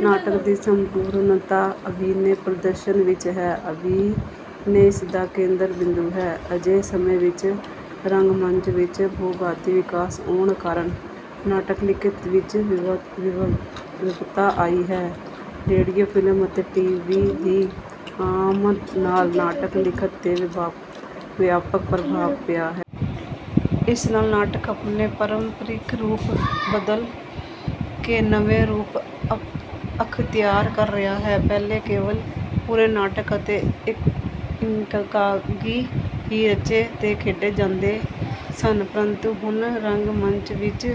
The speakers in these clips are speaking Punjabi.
ਨਾਟਕ ਦੀ ਸੰਪੂਰਨਤਾ ਅਭਿਨੈ ਪ੍ਰਦਰਸ਼ਨ ਵਿੱਚ ਹੈ, ਅਭਿਨੈ ਇਸ ਦਾ ਕੇਂਦਰ ਬਿੰਦੂ ਹੈ। ਅਜੋਕੇ ਸਮੇਂ ਵਿੱਚ ਰੰਗ ਮੰਚ ਵਿੱਚ ਬਹੁਭਾਂਤੀ ਵਿਕਾਸ ਆਉਣ ਕਾਰਨ ਨਾਟ ਲਿਖਤ ਵਿੱਚ ਵਿਵਿਧਤਾ ਆਈ ਹੈ। ਰੇਡੀਓ, ਫਿਲਮ ਅਤੇ ਟੀ ਵੀ ਦੀ ਆਮਦ ਨਾਲ ਨਾਟ ਲਿਖਤ ਤੇ ਵਿਆਪਕ ਪ੍ਰਭਾਵ ਪਿਆ ਹੈ। ਇਸ ਨਾਲ ਨਾਟਕ ਆਪਣੇ ਪਰੰਪਰਿਕ ਰੂਪ ਬਦਲ ਕੇ ਨਵੇਂ ਰੂਪ ਅਖਤਿਆਰ ਕਰ ਰਿਹਾ ਹੈ। ਪਹਿਲਾਂ ਕੇਵਲ ਪੂਰੇ ਨਾਟਕ ਅਤੇ ਇਕਾਂਗੀ ਹੀ ਰਚੇ ਤੇ ਖੇਡੇ ਜਾਂਦੇ ਸਨ ਪਰੰਤੂ ਹੁਣ ਰੰਗ ਮੰਚ ਵਿੱਚ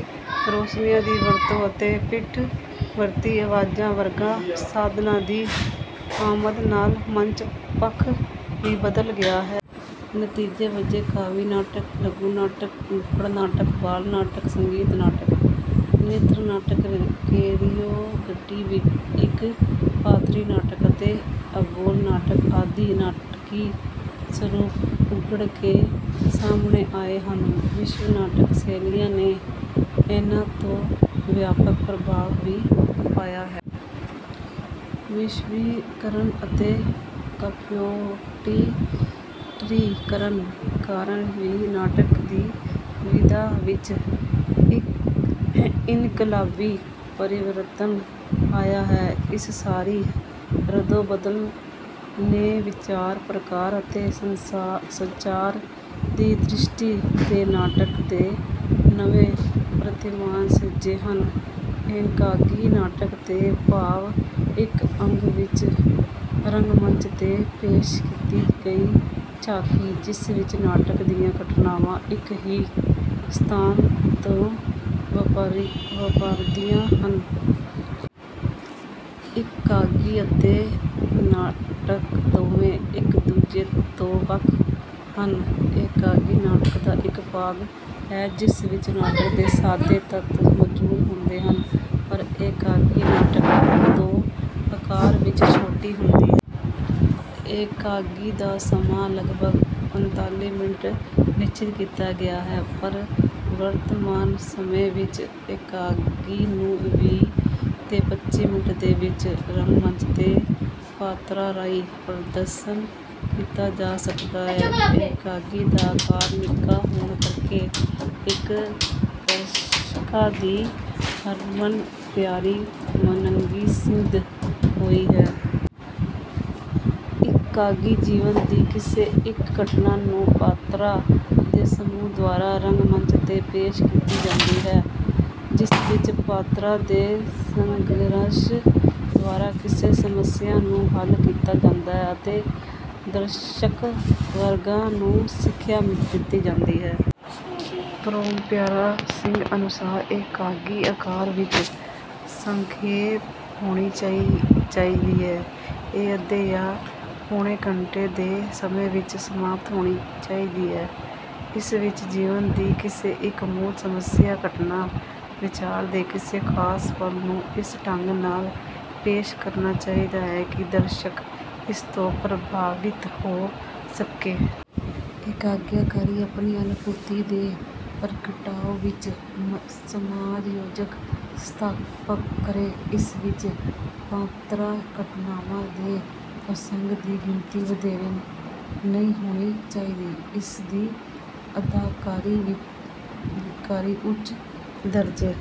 ਰੋਸ਼ਨੀਆਂ ਦੀ ਵਰਤੋਂ ਅਤੇ ਪਿੱਠ ਵਰਤੀ ਅਵਾਜ਼ਾਂ ਵਰਗੇ ਸਾਧਨਾਂ ਦੀ ਆਮਦ ਨਾਲ ਮੰਚ ਪੱਖ ਵੀ ਬਦਲ ਗਿਆ ਹੈ। ਨਤੀਜੇ ਵਜੋਂ ਕਾਵਿ ਨਾਟਕ, ਲਘੂ ਨਾਟਕ, ਨੁਕੜ ਨਾਟਕ, ਬਾਲ ਨਾਟਕ, ਸੰਗੀਤ ਨਾਟਕ, ਨ੍ਰਿਤ ਨਾਟਕ, ਕੋਰਿਓਗ੍ਰਾਫੀ, ਇੱਕ ਪਾਤਰੀ ਨਾਟਕ ਅਤੇ ਅਬੋਲ ਨਾਟਕ ਆਦਿ ਨਾਟਕੀ ਸਰੂਪ ਉੱਘੜ ਕੇ ਸਾਹਮਣੇ ਆਏ ਹਨ। ਵਿਸ਼ਵ ਨਾਟ ਸ਼ੈਲੀਆਂ ਨੇ ਇਹਨਾਂ ਤੇ ਵਿਆਪਕ ਪ੍ਰਭਾਵ ਵੀ ਪਾਇਆ ਹੈ। ਵਿਸ਼ਵੀਕਰਨ ਅਤੇ ਕੰਪਿਊਟਰੀਕਰਨ ਕਾਰਨ ਵੀ ਨਾਟਕ ਦੀ ਵਿਧਾ ਵਿੱਚ ਇਨਕਲਾਬੀ ਪਰਿਵਰਤਨ ਆਇਆ ਹੈ। ਇਸ ਸਾਰੀ ਰੱਦੋ ਬਦਲ ਨੇ ਵਿਚਾਰ, ਪ੍ਰਕਾਰ ਅਤੇ ਸੰਚਾਰ ਦੀ ਦ੍ਰਿਸ਼ਟੀ ਤੋਂ ਨਾਟਕ ਦੇ ਨਵੇਂ ਪ੍ਰਤਿਮਾਨ ਸਿਰਜੇ ਹਨ। ਇਕਾਂਗੀ ਨਾਟਕ ਤੋਂ ਭਾਵ ਇੱਕ ਅੰਗ ਵਿੱਚ ਰੰਗਮੰਚ ਤੇ ਪੇਸ਼ ਕੀਤੀ ਗਈ ਝਾਕੀ ਜਿਸ ਵਿੱਚ ਨਾਟਕ ਦੀਆਂ ਘਟਨਾਵਾਂ ਇੱਕ ਹੀ ਸਥਾਨ ਤੇ ਵਾਪਰਦੀਆਂ ਹਨ। ਇਕਾਂਗੀ ਅਤੇ ਨਾਟਕ ਦੋਵੇਂ ਇੱਕ ਦੂਜੇ ਤੋਂ ਵੱਖ ਹਨ। ਇਕਾਂਗੀ ਨਾਟਕ ਦਾ ਇੱਕ ਭਾਗ ਹੈ ਜਿਸ ਵਿੱਚ ਨਾਟਕ ਦੇ ਸਾਦੇ ਤੱਤ ਮੌਜੂਦ ਹੁੰਦੇ ਹਨ, ਪਰ ਇਕਾਂਗੀ ਨਾਟਕ ਤੋਂ ਆਕਾਰ ਵਿੱਚ ਛੋਟੀ ਹੁੰਦੀ ਹੈ। ਇਕਾਂਗੀ ਦਾ ਸਮਾਂ ਲਗਭਗ ਪੰਤਾਲੀ ਮਿੰਟ ਨਿਸਚਿਤ ਕੀਤਾ ਗਿਆ ਹੈ, ਪਰ ਵਰਤਮਾਨ ਸਮੇਂ ਵਿੱਚ ਇਕਾਂਗੀ ਨੂੰ ਵੀਹ ਤੋਂ ਪੱਚੀ ਮਿੰਟਾਂ ਦੇ ਵਿੱਚ ਰੰਗਮੰਚ ਤੇ ਪਾਤਰਾਂ ਰਾਹੀਂ ਪ੍ਰਦਰਸ਼ਨ ਕੀਤਾ ਜਾ ਸਕਦਾ ਹੈ। ਇਕਾਂਗੀ ਦਾ ਆਕਾਰ ਨਿੱਕਾ ਹੋਣ ਕਰਕੇ ਇਹ ਦਰਸ਼ਕਾਂ ਦੀ ਹਰਮਨ ਪਿਆਰੀ ਵੰਨਗੀ ਸਿੱਧ ਹੋਈ ਹੈ। ਇਕਾਂਗੀ ਜੀਵਨ ਦੀ ਕਿਸੇ ਇੱਕ ਘਟਨਾ ਨੂੰ ਪਾਤਰਾਂ ਦੇ ਸਮੂਹ ਦੁਆਰਾ ਰੰਗਮੰਚ ਤੇ ਪੇਸ਼ ਕੀਤੀ ਜਾਂਦੀ ਹੈ। ਜਿਸ ਵਿੱਚ ਪਾਤਰਾਂ ਦੇ ਸੰਘਰਸ਼ ਦੁਆਰਾ ਕਿਸੇ ਸਮੱਸਿਆ ਨੂੰ ਹੱਲ ਕੀਤਾ ਜਾਂਦਾ ਹੈ, ਅਤੇ ਦਰਸ਼ਕ ਵਰਗ ਨੂੰ ਸਿੱਖਿਆ ਦਿੱਤੀ ਜਾਂਦੀ ਹੈ। ਪ੍ਰੋ ਪਿਆਰਾ ਸਿੰਘ ਅਨੁਸਾਰ, ਇਕਾਂਗੀ ਆਕਾਰ ਵਿੱਚ ਸੰਖੇਪ ਹੋਣੀ ਚਾਹੀਦੀ ਹੈ। ਇਹ ਅੱਧੇ ਜਾਂ ਪੌਣੇ ਘੰਟੇ ਦੇ ਸਮੇਂ ਵਿੱਚ ਸਮਾਪਤ ਹੋਣੀ ਚਾਹੀਦੀ ਹੈ। ਇਸ ਵਿੱਚ ਜੀਵਨ ਦੀ ਕਿਸੇ ਇੱਕ ਮੂਲ ਸਮੱਸਿਆ, ਘਟਨਾ, ਵਿਚਾਰ ਦੇ ਕਿਸੇ ਖਾਸ ਪਲ ਨੂੰ ਇਸ ਢੰਗ ਨਾਲ ਪੇਸ਼ ਕਰਨਾ ਚਾਹੀਦਾ ਹੈ, ਕਿ ਦਰਸ਼ਕ ਇਸ ਤੋਂ ਪ੍ਰਭਾਵਿਤ ਹੋ ਸਕੇ। ਇਕਾਂਗੀਕਾਰ ਆਪਣੀ ਅਨੁਭੂਤੀ ਤੇ ਪ੍ਰਗਟਾਅ ਵਿੱਚ ਸਮਾਨਯੋਜਕ ਸਥਾਪਤ ਕਰੇ। ਇਸ ਵਿੱਚ ਪਾਤਰਾਂ, ਘਟਨਾਵਾਂ, ਤੇ ਪ੍ਰਸੰਗਾਂ ਦੀ ਗਿਣਤੀ ਵਧੇਰੇ ਨਹੀਂ ਹੋਣੀ ਚਾਹੀਦੀ। ਇਸ ਦੀ ਅਦਾਕਾਰੀ ਉੱਚ ਦਰਜੇ